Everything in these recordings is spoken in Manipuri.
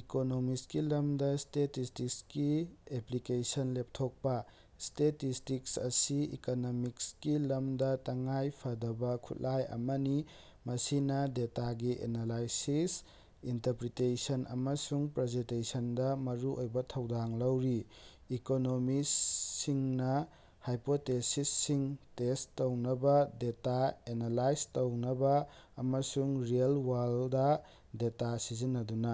ꯏꯀꯣꯅꯣꯃꯤꯛꯁꯀꯤ ꯂꯝꯗ ꯁ꯭ꯇꯦꯇꯤꯁ꯭ꯇꯤꯛꯁꯀꯤ ꯑꯦꯄ꯭ꯂꯤꯀꯦꯁꯟ ꯂꯦꯞꯊꯣꯛꯄ꯫ ꯁ꯭ꯇꯦꯇꯤꯁ꯭ꯇꯤꯛꯁ ꯑꯁꯤ ꯏꯀꯣꯅꯣꯃꯤꯛꯁꯀꯤ ꯂꯝꯗ ꯇꯉꯥꯏ ꯐꯗꯕ ꯈꯨꯠꯂꯥꯏ ꯑꯃꯅꯤ, ꯃꯁꯤꯅ ꯗꯦꯇꯥꯒꯤ ꯑꯦꯅꯂꯥꯏꯁꯤꯁ, ꯏꯟꯇꯔꯄ꯭ꯔꯤꯇꯦꯁꯟ ꯑꯃꯁꯨꯡ ꯄ꯭ꯔꯖꯦꯟꯇꯦꯁꯟꯗ ꯃꯔꯨꯑꯣꯏꯕ ꯊꯧꯗꯥꯡ ꯂꯧꯔꯤ꯫ ꯏꯀꯣꯅꯣꯃꯤꯁꯁꯤꯡꯅ ꯍꯥꯏꯄꯣꯇꯦꯁꯤꯁꯁꯤꯡ ꯇꯦꯁ ꯇꯧꯅꯕ, ꯗꯦꯇꯥ ꯑꯦꯅꯥꯂꯥꯏꯖ ꯇꯧꯅꯕ ꯑꯃꯁꯨꯡ ꯔꯤꯑꯦꯜ-ꯋꯥꯔꯜꯗ ꯗꯦꯇꯥ ꯁꯤꯖꯤꯟꯅꯗꯨꯅ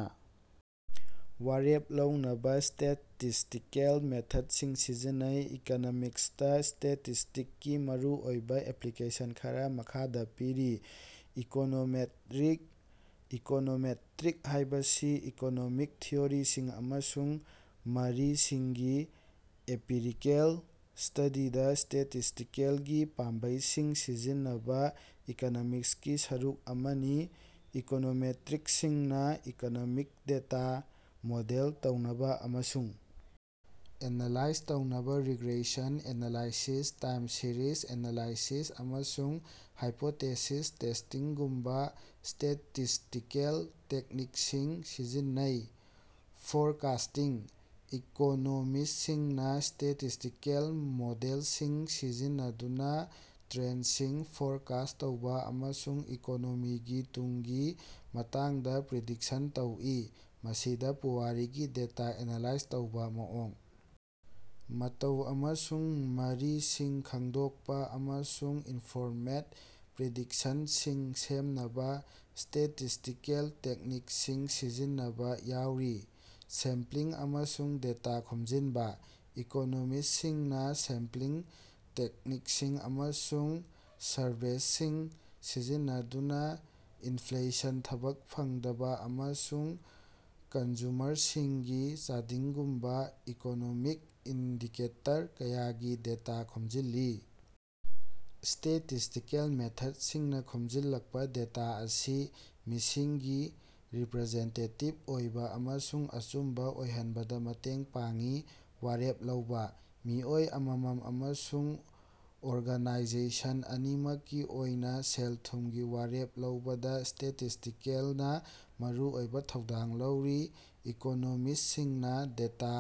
ꯋꯥꯔꯦꯞ ꯂꯧꯅꯕ ꯁ꯭ꯇꯦꯇꯤꯁꯇꯤꯀꯦꯜ ꯃꯦꯊꯗꯁꯤꯡ ꯁꯤꯖꯤꯟꯅꯩ꯫ ꯏꯀꯣꯅꯣꯃꯤꯛꯁꯇ ꯁ꯭ꯇꯦꯇꯤꯁꯇꯤꯛꯁꯀꯤ ꯃꯔꯨꯑꯣꯏꯕ ꯑꯦꯄ꯭ꯂꯤꯀꯦꯁꯟ ꯈꯔ ꯃꯈꯥꯗ ꯄꯤꯔꯤ: ꯏꯀꯣꯅꯣꯃꯦꯠꯔꯤꯛ: ꯏꯀꯣꯅꯣꯃꯦꯇ꯭ꯔꯤꯛ ꯍꯥꯏꯕꯁꯤ ꯏꯀꯣꯅꯣꯃꯤꯛ ꯊꯤꯑꯣꯔꯤꯁꯤꯡ ꯑꯃꯁꯨꯡ ꯃꯔꯤꯁꯤꯡꯒꯤ ꯑꯦꯝꯄꯤꯔꯤꯀꯦꯜ ꯁ꯭ꯇꯗꯤꯗ ꯁ꯭ꯇꯦꯇꯤꯁ꯭ꯇꯤꯀꯦꯜꯒꯤ ꯄꯥꯝꯕꯩꯁꯤꯡ ꯁꯤꯖꯤꯟꯅꯕ ꯏꯀꯣꯅꯣꯃꯤꯛꯁꯀꯤ ꯁꯔꯨꯛ ꯑꯃꯅꯤ꯫ ꯏꯀꯣꯅꯣꯃꯦꯇ꯭ꯔꯤꯛꯁꯤꯡꯅ ꯏꯀꯣꯅꯣꯃꯤꯛ ꯗꯦꯇꯥ ꯃꯣꯗꯦꯜ ꯇꯧꯅꯕ ꯑꯃꯁꯨꯡ ꯑꯦꯅꯥꯂꯥꯏꯖ ꯇꯧꯅꯕ regression analysis, time series analysis, ꯑꯃꯁꯨꯡ ꯍꯥꯏꯄꯣꯇꯦꯁꯤꯁ ꯇꯦꯁꯇꯤꯡꯒꯨꯝꯕ ꯁ꯭ꯇꯦꯇꯤꯁꯇꯤꯀꯦꯜ ꯇꯦꯛꯅꯤꯛꯁꯤꯡ ꯁꯤꯖꯤꯟꯅꯩ꯫ ꯐꯣꯔꯀꯥꯁꯇꯤꯡ: ꯏꯀꯣꯅꯣꯃꯤꯁꯁꯤꯡꯅ ꯁ꯭ꯇꯦꯇꯤꯁꯇꯤꯀꯦꯜ ꯃꯣꯗꯦꯜꯁꯤꯡ ꯁꯤꯖꯤꯟꯅꯗꯨꯅ ꯇ꯭ꯔꯦꯟꯁꯤꯡ ꯐꯣꯔꯀꯥꯁ꯭ꯠ ꯇꯧꯕ ꯑꯃꯁꯨꯡ ꯏꯀꯣꯅꯣꯃꯤꯒꯤ ꯇꯨꯡꯒꯤ ꯃꯇꯥꯡꯗ ꯄ꯭ꯔꯤꯗꯤꯛꯁꯟ ꯇꯧꯏ꯫ ꯃꯁꯤꯗ ꯄꯨꯋꯥꯔꯤꯒꯤ ꯗꯦꯇ ꯑꯦꯅꯥꯂꯥꯏꯖ ꯇꯧꯕ, ꯃꯑꯣꯡ ꯃꯇꯧ ꯑꯃꯁꯨꯡ ꯃꯔꯤꯁꯤꯡ ꯈꯪꯗꯣꯛꯄ, ꯑꯃꯁꯨꯡ ꯏꯟꯐꯣꯔꯃꯦꯗ ꯄ꯭ꯔꯤꯗꯤꯛꯁꯟꯁꯤꯡ ꯁꯦꯝꯅꯕ ꯁ꯭ꯇꯦꯇꯤꯁꯇꯤꯀꯦꯜ ꯇꯦꯛꯅꯤꯛꯁꯤꯡ ꯁꯤꯖꯤꯟꯅꯕ ꯌꯥꯎꯔꯤ꯫ ꯁꯦꯝꯄ꯭ꯂꯤꯡ ꯑꯃꯁꯨꯡ ꯗꯦꯇꯥ ꯈꯣꯝꯖꯤꯟꯕ: ꯏꯀꯣꯅꯣꯃꯤꯁꯁꯤꯡꯅ ꯁꯦꯝꯄ꯭ꯂꯤꯡ ꯇꯦꯛꯅꯤꯛꯁꯤꯡ ꯑꯃꯁꯨꯡ ꯁꯔꯚꯦꯁꯤꯡ ꯁꯤꯖꯤꯟꯅꯗꯨꯅ ꯏꯟꯐ꯭ꯂꯦꯁꯟ, ꯊꯕꯛ ꯐꯪꯗꯕ, ꯑꯃꯁꯨꯡ ꯀꯟꯖꯨꯃꯔꯁꯤꯡꯒꯤ ꯆꯥꯗꯤꯡꯒꯨꯝꯕ ꯏꯀꯣꯅꯣꯃꯤꯛ ꯏꯟꯗꯤꯀꯦꯇꯔ ꯀꯌꯥꯒꯤ ꯗꯦꯇꯥ ꯈꯣꯝꯖꯤꯜꯂꯤ꯫ ꯁ꯭ꯇꯦꯇꯤꯁꯇꯤꯀꯦꯜ ꯃꯦꯊꯗꯁꯤꯡꯅ ꯈꯣꯝꯖꯤꯜꯂꯛꯄ ꯗꯦꯇꯥ ꯑꯁꯤ ꯃꯤꯁꯤꯡꯒꯤ ꯔꯤꯄꯔꯖꯦꯟꯇꯦꯇꯤꯕ ꯑꯣꯏꯕ ꯑꯃꯁꯨꯡ ꯑꯆꯨꯝꯕ ꯑꯣꯏꯍꯟꯕꯗ ꯃꯇꯦꯡ ꯄꯥꯡꯏ꯫ ꯋꯥꯔꯦꯞ ꯂꯧꯕ: ꯃꯤꯑꯣꯏ ꯑꯃꯃꯝ ꯑꯃꯁꯨꯡ ꯑꯣꯔꯒꯅꯥꯏꯖꯦꯁꯟ ꯑꯅꯤꯃꯛꯀꯤ ꯑꯣꯏꯅ ꯁꯦꯜ-ꯊꯨꯃꯒꯤ ꯋꯥꯔꯦꯞ ꯂꯧꯕꯗ ꯁ꯭ꯇꯦꯇꯤꯁꯇꯤꯀꯦꯜꯅ ꯃꯔꯨꯑꯣꯏꯕ ꯊꯧꯗꯥꯡ ꯂꯧꯔꯤ꯫ ꯏꯀꯣꯅꯣꯃꯤꯁꯁꯤꯡꯅ ꯗꯦꯇꯥ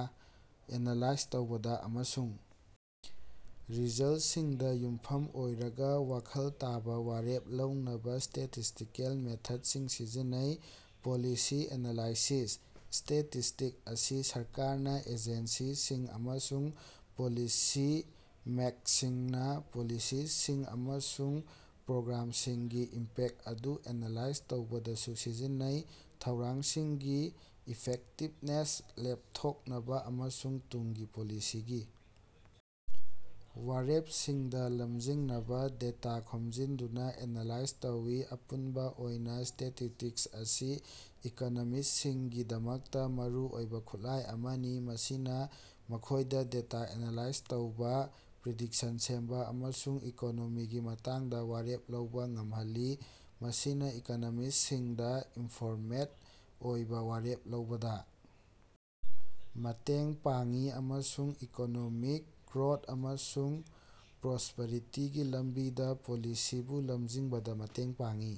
ꯑꯦꯅꯥꯂꯥꯏꯖ ꯇꯧꯅꯕ ꯑꯃꯁꯨꯡ ꯔꯤꯖꯜꯇꯁꯤꯡꯗ ꯌꯨꯝꯐꯝ ꯑꯣꯏꯔꯒ ꯋꯥꯈꯜ ꯇꯥꯕ ꯋꯥꯔꯦꯞ ꯂꯧꯅꯕ ꯁ꯭ꯇꯦꯇꯤꯁꯇꯤꯀꯦꯜ ꯃꯦꯊꯗꯁꯤꯡ ꯁꯤꯖꯤꯟꯅꯩ꯫ ꯄꯣꯂꯤꯁꯤ ꯑꯦꯅꯥꯂꯥꯏꯁꯤꯁ: ꯁ꯭ꯇꯦꯇꯤꯁꯇꯤꯛꯁ ꯑꯁꯤ ꯁꯔꯀꯥꯔꯒꯤ ꯑꯦꯖꯦꯟꯁꯤꯁꯤꯡ ꯑꯃꯁꯨꯡ ꯄꯣꯂꯤꯁꯤ ꯃꯦꯛꯔꯁꯤꯡꯅ ꯄꯣꯂꯤꯁꯤꯁꯤꯡ ꯑꯃꯁꯨꯡ ꯄ꯭ꯔꯣꯒ꯭ꯔꯥꯝꯁꯤꯡꯒꯤ ꯏꯝꯄꯦꯛ ꯑꯗꯨ ꯑꯦꯅꯥꯂꯥꯏꯖ ꯇꯧꯕꯗꯁꯨ ꯁꯤꯖꯤꯟꯅꯩ꯫ ꯊꯧꯔꯥꯡꯁꯤꯡꯒꯤ ꯏꯐꯦꯛꯇꯤꯕꯅꯦꯁ ꯂꯦꯞꯊꯣꯛꯅꯕ ꯑꯃꯁꯨꯡ ꯇꯨꯡꯒꯤ ꯄꯣꯂꯤꯁꯤꯒꯤ ꯋꯥꯔꯦꯄꯁꯤꯡꯗ ꯂꯝꯖꯤꯡꯅꯕ ꯗꯦꯇꯥ ꯈꯣꯝꯖꯤꯟꯗꯨꯅ ꯑꯦꯅꯥꯂꯥꯏꯖ ꯇꯧꯏ꯫ ꯑꯄꯨꯟꯕ ꯑꯣꯏꯅ ꯁ꯭ꯇꯦꯇꯤꯁꯇꯤꯛꯁ ꯑꯁꯤ ꯏꯀꯣꯅꯣꯃꯤꯁꯁꯤꯡꯒꯤꯗꯃꯛꯇ ꯃꯔꯨꯑꯣꯏꯕ ꯈꯨꯠꯂꯥꯏ ꯑꯃꯅꯤ, ꯃꯁꯤꯅ ꯃꯈꯣꯏꯗ ꯗꯦꯇꯥ ꯑꯦꯅꯥꯂꯥꯏꯖ ꯇꯧꯕ, ꯄ꯭ꯔꯤꯗꯤꯛꯁꯟ ꯁꯦꯝꯕ ꯑꯃꯁꯨꯡ ꯏꯀꯣꯅꯣꯃꯤꯒꯤ ꯃꯇꯥꯡꯗ ꯋꯥꯔꯦꯞ ꯂꯧꯕ ꯉꯝꯍꯜꯂꯤ꯫ ꯃꯁꯤꯅ ꯏꯀꯣꯅꯣꯃꯤꯁꯁꯤꯡꯗ ꯏꯟꯐꯣꯔꯃꯦꯗ ꯑꯣꯏꯕ ꯋꯥꯔꯦꯞ ꯂꯧꯕꯗ ꯃꯇꯦꯡ ꯄꯥꯡꯏ ꯑꯃꯁꯨꯡ ꯏꯀꯣꯅꯣꯃꯤꯛ ꯒ꯭ꯔꯣꯊ ꯑꯃꯁꯨꯡ ꯄ꯭ꯔꯣꯁꯄꯦꯔꯤꯇꯤꯒꯤ ꯂꯝꯕꯤꯗ ꯄꯣꯂꯤꯁꯤꯕꯨ ꯂꯝꯖꯤꯡꯕꯗ ꯃꯇꯦꯡ ꯄꯥꯡꯏ꯫